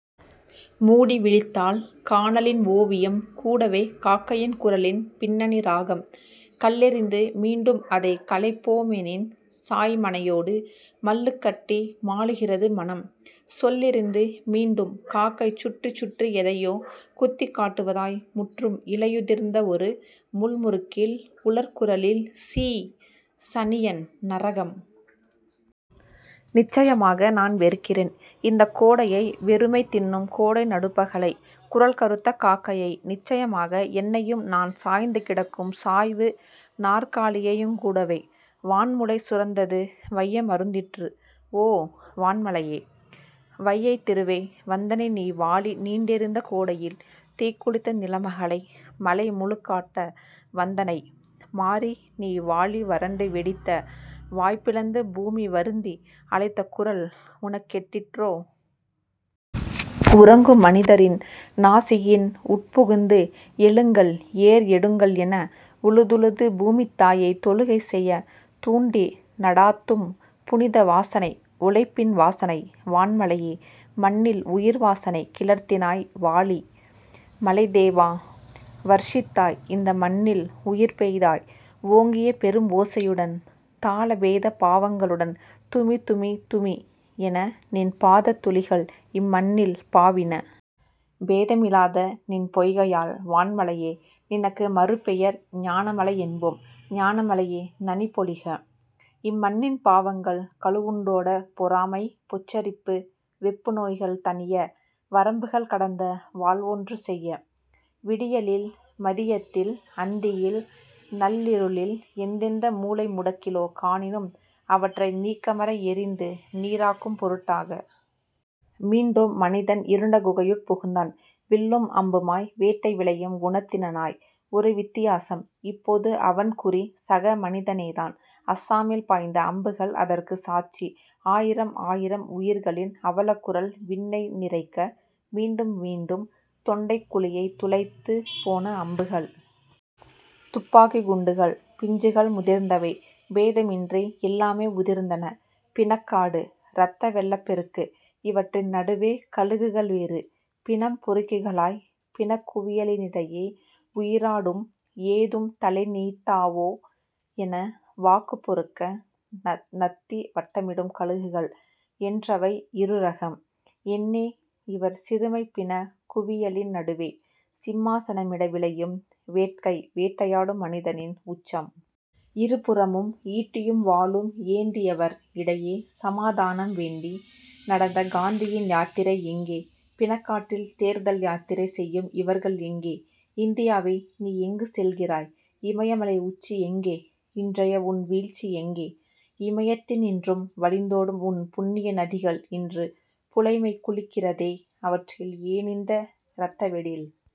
மூடி விழித்தால் கானலின் ஒவியம் கூடவே காக்கையின் குரலின் பின்னணி ராகம். கல்லெறிந்து மீண்டும் அதைக் கலைப் போமெனின் சாய்மனையோடு மல்லுக்கட்டி மாழுகிறது மனம். சொல்லெறிந்து மீண்டும் காக்கை சுற்றிச் சுற்றி எதையோ குத்திக் காட்டுவதாய் முற்றும் இலையுதிர்ந்த வொரு முள் முருக்கில் உலர் குரலில் சீ சனியன் நரகம். நிச்சயமாக நான் வெறுக்கிறேன். இந்தக் கோடையை வெறுமை தின்னும் கோடை நடுப்பகலை. குரல் கறுத்த காக்கையை. நிச்சயமாக என்னையும் நான் சாய்ந்து கிடக்கும் சாய்வு நாற்காலியையுங்கூடவே. வான் முலை சுரந்தது வையம் அருந்திற்று ஓ வான் மழையே வையத் திருவே வந்தனை நீ வாழி நீண்டெரிந்த கோடையில் தீக்குளித்த நிலமகளை மழை முழுக்காட்ட வந்தனை மாரி நீ வாழி வரண்டு வெடித்த வாய் பிளந்து பூமி வருந்தி அழைத்த குரல் உனக் கெட்டிற்றோ? உறங்கும் மனிதரின் நாசியின் உட்புகுந்து எழுங்கள் ஏர் எடுங்கள்என உழுதுழுது பூமித்தாயை தொழுகை செய்ய தூண்டி நடாத்தும் புனிதவாசனை உழைப்பின் வாசனை வான் மழையே மண்ணில் உயிர் வாசனை கிளர்த்தினாய் வாழி. மழைத்தேவா வர்ஷித்தாய் இந்த மண்ணில் உயிர் பெய்தாய் ஓங்கிய பெரும் ஓசையுடன் தாள பேத பாவங்களுடன் துமிதுமி துமி என நின் பாத துளிகள் இம் மண்ணில் பாவின. பேதமிலாத நின் பெய்கையால் வான் மழையே நினக்கு மறுபெயர் ஞான மழை என்போம். ஞான மழையே நனி பொழிக இம்மண்ணின் பாவங்கள் கழுவுண்டோட பொறாமை பொச்சரிப்பு வெப்பு நோய்கள் தணிய வரம்புகள் கடந்த வாழ் வொன்று செய்ய. விடியலில் மதியத்தில் அந்தியில் நள்ளிருளில் எந்தெந்த மூலை முடக்கிலே காணினும் அவற்றை நீக்கமற எரிந்து நீறாக்கும் பொருட்டாக. மீண்டும் மனிதன் இருண்ட குகையுட் புகுந்தான் வில்லும் அம்புமாய் வேட்டை விழையும் குணத்தினனாய். ஒரு வித்தியாசம் இப்போது அவன்குறி சக மனிதனேதான். அஸ்ஸாமில் பாய்ந்த அம்புகள் அதற்குச் சாட்சி. ஆயிரம் ஆயிரம் உயிர்களின் அவலக்குரல் விண்ணை நிறைக்க மீண்டும் மீண்டும் தொண்டைக் குழியைத் துளைத்துப் போன அம்புகள். துப்பாக்கிக் குண்டுகள் பிஞ்சுகள் முதிர்ந்தவை பேதமின்றி எல்லாமே உதிர்ந்தன. பிணக் காடு இரத்த வெள்ளப் பெருக்கு இவற்றின் நடுவே கழுகுகள் வேறு. பிணம் பொறுக்கிகளாய் பிணக்குவியலினிடையே உயிராடும் ஏதும் தலைநீட்டாவோ என வாக்குப் பொறுக்க நத்நத்தி வட்டமிடும் கழுகுகள் என்றவை இருரகம். என்னே இவர் சிறுமை பிணக் குவியலின் நடுவே சிம்மாசனமிட விழையும் வேட்கை வேட்டையாடும் மனிதனின் உச்சம். இருபுறமும் ஈட்டியும் வாளும் ஏந்தியவர் இடையே சமாதானம் வேண்டி நடந்த காந்தியின் யாத்திரை எங்கே? பிணக்காட்டில் தேர்தல் யாத்திரை செய்யும் இவர்கள் எங்கே? இந்தியாவே நீ எங்கு செல்கிறாய்? இமயமலை உச்சி எங்கே? இன்றைய உன் வீழ்ச்சி எங்கே? இமயத்தினின்றும் வழிந்தோடும் உன் புண்ணியநதிகள் இன்று புலைமை குளிக்கிறதே அவற்றில் ஏனிந்த இரத்தவெடில்?